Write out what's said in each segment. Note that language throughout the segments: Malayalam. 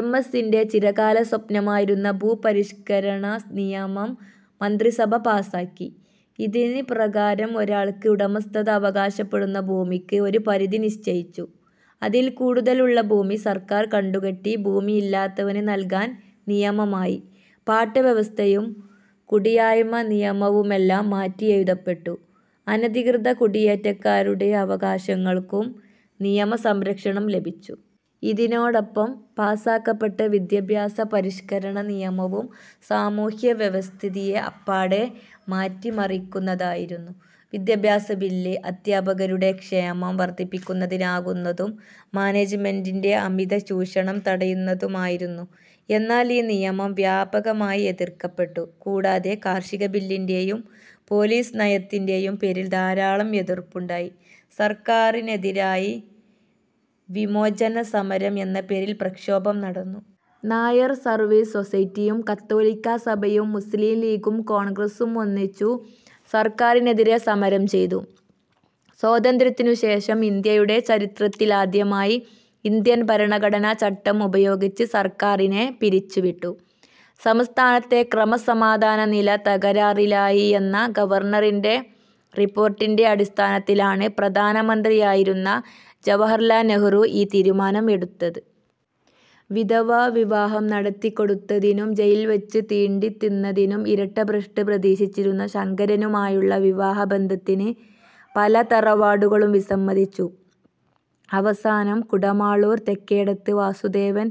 എം. എസിന്റെ ചിരകാല സ്വപ്നമായിരുന്ന ഭൂപരിഷ്കരണ നിയമം മന്ത്രിസഭ പാസ്സാക്കി. ഇതിൻ പ്രകാരം ഒരാൾക്ക് ഉടമസ്ഥത അവകാശപ്പെടാവുന്ന ഭൂമിക്ക് ഒരു പരിധി നിശ്ചയിച്ചു. അതിൽ കൂടുതൽ ഉള്ള ഭൂമി സർക്കാർ കണ്ടുകെട്ടി ഭൂമിയില്ലാത്തവന് നല്കാൻ നിയമമായി. പാട്ടവ്യവസ്ഥയും കുടിയായ്മ നിയമവുമെല്ലാം മാറ്റിയെഴുതപ്പെട്ടു. അനധികൃത കുടിയേറ്റക്കാരുടെ അവകാശങ്ങൾക്കും നിയമ സംരക്ഷണം ലഭിച്ചു. ഇതിനോടൊപ്പം പാസ്സാക്കപ്പെട്ട വിദ്യാഭ്യാസ പരിഷ്കരണ നിയമവും സാമൂഹ്യ വ്യവസ്ഥിതിയെ അപ്പാടെ മാറ്റിമറിക്കുന്നതായിരുന്നു. വിദ്യാഭ്യാസ ബില്ല് അദ്ധ്യാപകരുടെ ക്ഷേമം വർദ്ധിപ്പിക്കുവാനുതകുന്നതും മാനേജ്മെന്റിന്റെ അമിത ചൂഷണം തടയുന്നതുമായിരുന്നു. എന്നാൽ ഈ നിയമം വ്യാപകമായി എതിർക്കപ്പെട്ടു. കൂടാതെ കാർഷിക ബില്ലിന്റെയും പോലീസ് നയത്തിന്റെയും പേരിൽ ധാരാളം എതിർപ്പുകളുണ്ടായി. സർക്കാരിനെതിരായി വിമോചനസമരം എന്നപേരിൽ പ്രക്ഷോഭം നടന്നു. നായർ സർവീസ് സൊസൈറ്റിയും കത്തോലിക്ക സഭയും മുസ്ലിം ലീഗും കോൺഗ്രസ്സും ഒന്നിച്ചു സർക്കാരിനെതിരെ സമരം ചെയ്തു. സ്വാതന്ത്ര്യത്തിനുശേഷം ഇന്ത്യയുടെ ചരിത്രത്തിൽആദ്യമായി ഇന്ത്യൻ ഭരണഘടന ചട്ടം ഉപയോഗിച്ച് സർക്കാരിനെ പിരിച്ചു വിട്ടു. സംസ്ഥാനത്തെ ക്രമസമാധാന നില തകരാറിലായി എന്ന ഗവർണറിന്റെ റിപ്പോർട്ടിന്റെ അടിസ്ഥാനത്തിലാണ് പ്രധാനമന്ത്രിയായിരുന്ന ജവഹർലാൽ നെഹ്രു ഈ തീരുമാനം എടുത്തത്. വിധവാ വിവാഹം നടത്തിക്കൊടുത്തതിനും ജയിലിൽ വച്ച് തീണ്ടിത്തിന്നതിനും ഇരട്ട ഭ്രഷ്ട് പ്രതീക്ഷിച്ചിരുന്ന ശങ്കരനുമായുള്ള വിവാഹ ബന്ധത്തിന് പല തറവാടുകളും വിസമ്മതിച്ചു. അവസാനം കുടമാളൂർ തെക്കേടത്ത് വാസുദേവൻ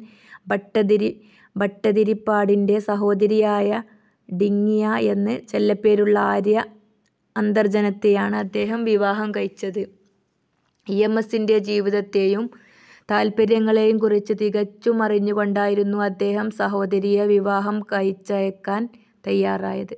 ഭട്ടതിരിപ്പാടിന്റെ സഹോദരിയായ 'ടിങ്ങിയ' എന്ന് ചെല്ലപ്പേരുള്ള ആര്യ അന്തർജനത്തെയാണ് അദ്ദേഹം വിവാഹം കഴിച്ചത്. ഇ. എം. എസിന്റെ ജീവിതത്തെയും താല്പര്യങ്ങളെയുംകുറിച്ച് തികച്ചും അറിഞ്ഞുകൊണ്ടായിരുന്നു അദ്ദേഹം സഹോദരിയെ വിവാഹം കഴിച്ചയയ്ക്കാൻ തയ്യാറായത്.